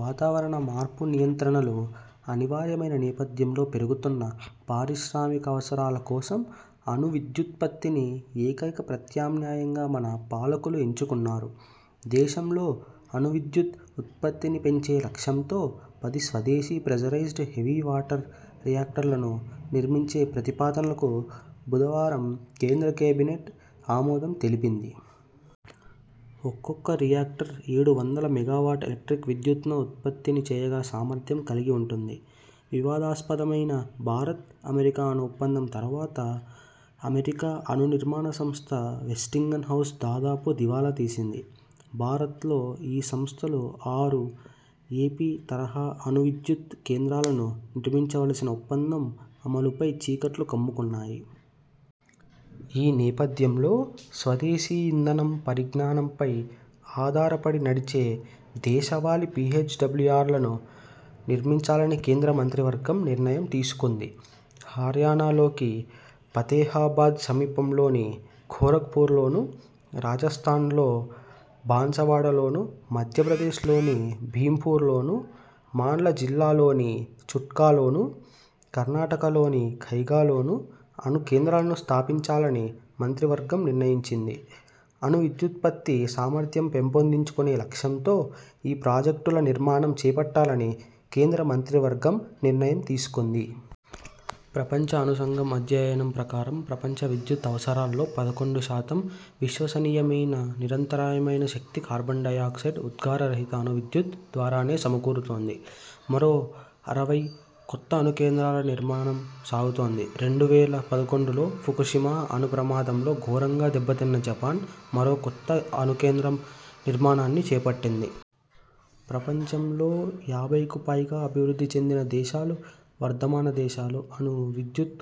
వాతావరణ మార్పు నియంత్రణలు అనివార్యమైన నేపథ్యంలో పెరుగుతున్న పారిశ్రామికావసరాల కోసం అణు విద్యుదుత్పత్తిని ఏకైక ప్రత్యామ్నాయంగా మన పాలకులు ఎంచుకున్నారు. దేశంలో అణు విద్యుత్ ఉత్పత్తిని పెంచే లక్ష్యంతో పది స్వదేశీ ప్రెజరైజ్డ్ హెవీ వాటర్ రియాక్టర్లను నిర్మించే ప్రతిపాదనలకు బుధవారం కేంద్ర కేబినెట్ ఆమోదం తెలిపింది. ఒక్కొక్క రియాక్టర్ ఏడు వందల మెగావాట్ ఎలక్ట్రిక్ విద్యుత్ను ఉత్పత్తిని చేయగల సామర్థ్యం కలిగి ఉంటుంది. వివాదాస్పదమైన భారత్ అమెరికా అణు ఒప్పందం తర్వాత అమెరికా అణు నిర్మాణ సంస్థ వెస్టింగన్ హౌస్ దాదాపు దివాలా తీసింది. భారత్లో ఈ సంస్థలు ఆరు 'ఏపీ ' తరహా అణు విద్యుత్ కేంద్రాలను నిర్మించవలసిన ఒప్పందం అమలుపై చీకట్లు కమ్ముకున్నాయి. ఈ నేపథ్యంలో స్వదేశీ ఇంధనం పరిజ్ఞానంపై ఆధారపడి నడిచే దేశవాళి పీహెచ్డబ్ల్యూఆర్లను నిర్మించాలని కేంద్ర మంత్రివర్గం నిర్ణయం తీసుకుంది. హర్యానాలోకి ఫతేహాబాద్ సమీపంలోని గోరఖ్పూర్లోను, రాజస్థాన్లో బాన్సవాడలోను, మధ్యప్రదేశ్లోని భీమ్పూర్లోను, మాండ్ల జిల్లాలోని చుట్కాలోను, కర్ణాటకలోని కైగాలోను అణు కేంద్రాలను స్థాపించాలని మంత్రివర్గం నిర్ణయించింది. అణువిద్యుదుత్పత్తి సామర్థ్యం పెంపొందించుకునే లక్ష్యంతో ఈ ప్రాజెక్టుల నిర్మాణం చేపట్టాలని కేంద్ర మంత్రివర్గం నిర్ణయం తీసుకుంది. ప్రపంచ అణు సంఘం అధ్యయనం ప్రకారం ప్రపంచ విద్యుత్ అవసరాల్లో పదకొండు శాతం విశ్వసనీయమైన, నిరంతరాయమైన శక్తి, కార్బన్ డై ఆక్సైడ్ ఉద్గారరహిత అణు విద్యుత్ ద్వారానే సమకూరుతోంది. మరో అరవై కొత్త అణు కేంద్రాల నిర్మాణం సాగుతోంది. రెండు వేల పదకొండులో ఫుకషిమా అణు ప్రమాదంలో ఘోరంగా దెబ్బతిన్న జపాన్ మరో కొత్త అణు కేంద్రం నిర్మాణాన్ని చేపట్టింది. ప్రపంచంలో యాభైకు పైగా అభివృద్ధి చెందిన దేశాలు, వర్ధమాన దేశాలు అణు విద్యుత్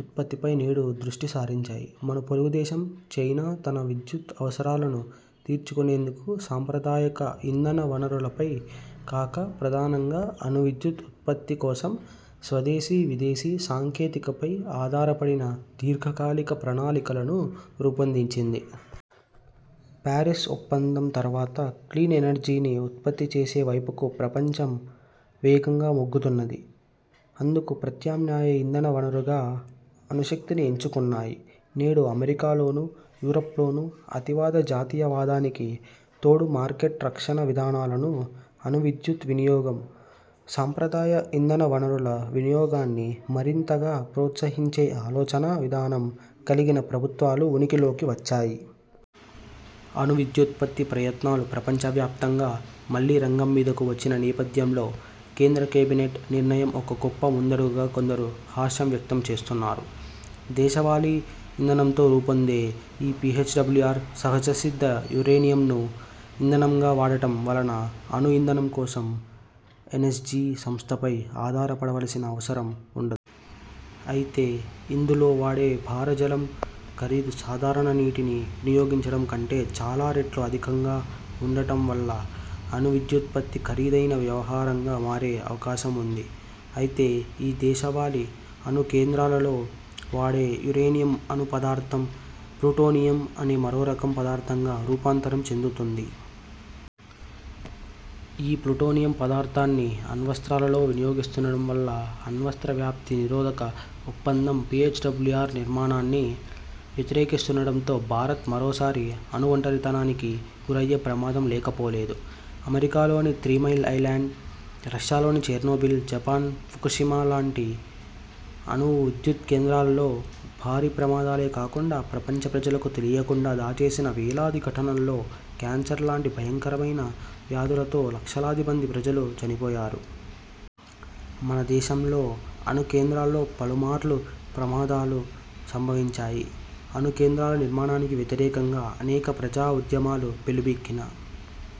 ఉత్పత్తిపై నేడు దృష్టి సారించాయి. మన పొరుగు దేశం చైనా తన విద్యుత్ అవసరాలను తీర్చుకునేందుకు సంప్రదాయక ఇంధన వనరులపై కాక, ప్రధానంగా అణు విద్యుత్ ఉత్పత్తి కోసం స్వదేశీ, విదేశీ సాంకేతికపై ఆధారపడిన దీర్ఘకాలిక ప్రణాళికలను రూపొందించింది. ప్యారిస్ ఒప్పందం తర్వాత క్లీన్ ఎనర్జీని ఉత్పత్తి చేసే వైపుకు ప్రపంచం వేగంగా మొగ్గుతున్నది. అందుకు ప్రత్యామ్నాయ ఇంధన వనరుగా అణుశక్తిని ఎంచుకున్నాయి. నేడు అమెరికాలోను, యూరప్లోను అతివాద జాతీయవాదానికి తోడు మార్కెట్ రక్షణ విధానాలను, అణు విద్యుత్ వినియోగం, సంప్రదాయ ఇంధన వనరుల వినియోగాన్ని మరింతగా ప్రోత్సహించే ఆలోచనా విధానం కలిగిన ప్రభుత్వాలు ఉనికిలోకి వచ్చాయి. అణు విద్యుదుత్పత్తి ప్రయత్నాలు ప్రపంచవ్యాప్తంగా మళ్లీ రంగం మీదకు వచ్చిన నేపథ్యంలో కేంద్ర కేబినెట్ నిర్ణయం ఒక గొప్ప ముందడుగుగా కొందరు హర్షం వ్యక్తం చేస్తున్నారు. దేశవాళీ ఇంధనంతో రూపొందే ఈ పీహెచ్డబ్ల్యూఆర్ సహజసిద్ధ యురేనియంను ఇంధనంగా వాడటం వలన అణు ఇంధనం కోసం ఎన్ఎస్జీ సంస్థపై ఆధారపడవలసిన అవసరం ఉండ. అయితే ఇందులో వాడే భార జలం ఖరీదు సాధారణ నీటిని వినియోగించడం కంటే చాలా రెట్లు అధికంగా ఉండటం వల్ల అణువిద్యుత్పత్తి ఖరీదైన వ్యవహారంగా మారే అవకాశం ఉంది. అయితే ఈ దేశవాళి అణు కేంద్రాలలో వాడే యురేనియం అణు పదార్థం ప్లూటోనియం అని మరోరకం పదార్థంగా రూపాంతరం చెందుతుంది. ఈ ప్లుటోనియం పదార్థాన్ని అణ్వస్త్రాలలో వినియోగిస్తుండడం వల్ల అణ్వస్త్ర వ్యాప్తి నిరోధక ఒప్పందం పీహెచ్డబ్ల్యూఆర్ నిర్మాణాన్ని వ్యతిరేకిస్తుండడంతో భారత్ మరోసారి అణు ఒంటరితనానికి గురయ్యే ప్రమాదం లేకపోలేదు. అమెరికాలోని త్రీమైల్ ఐలాండ్, రష్యాలోని చెర్నోబిల్, జపాన్ కుషిమాలాంటి అణు విద్యుత్ కేంద్రాలలో భారీ ప్రమాదాలే కాకుండా, ప్రపంచ ప్రజలకు తెలియకుండా దాటేసిన వేలాది ఘటనల్లో క్యాన్సర్ లాంటి భయంకరమైన వ్యాధులతో లక్షలాది మంది ప్రజలు చనిపోయారు. మన దేశంలో అణు కేంద్రాల్లో పలుమార్లు ప్రమాదాలు సంభవించాయి. అణు కేంద్రాల నిర్మాణానికి వ్యతిరేకంగా అనేక ప్రజా ఉద్యమాలు పెల్లుబిక్కిన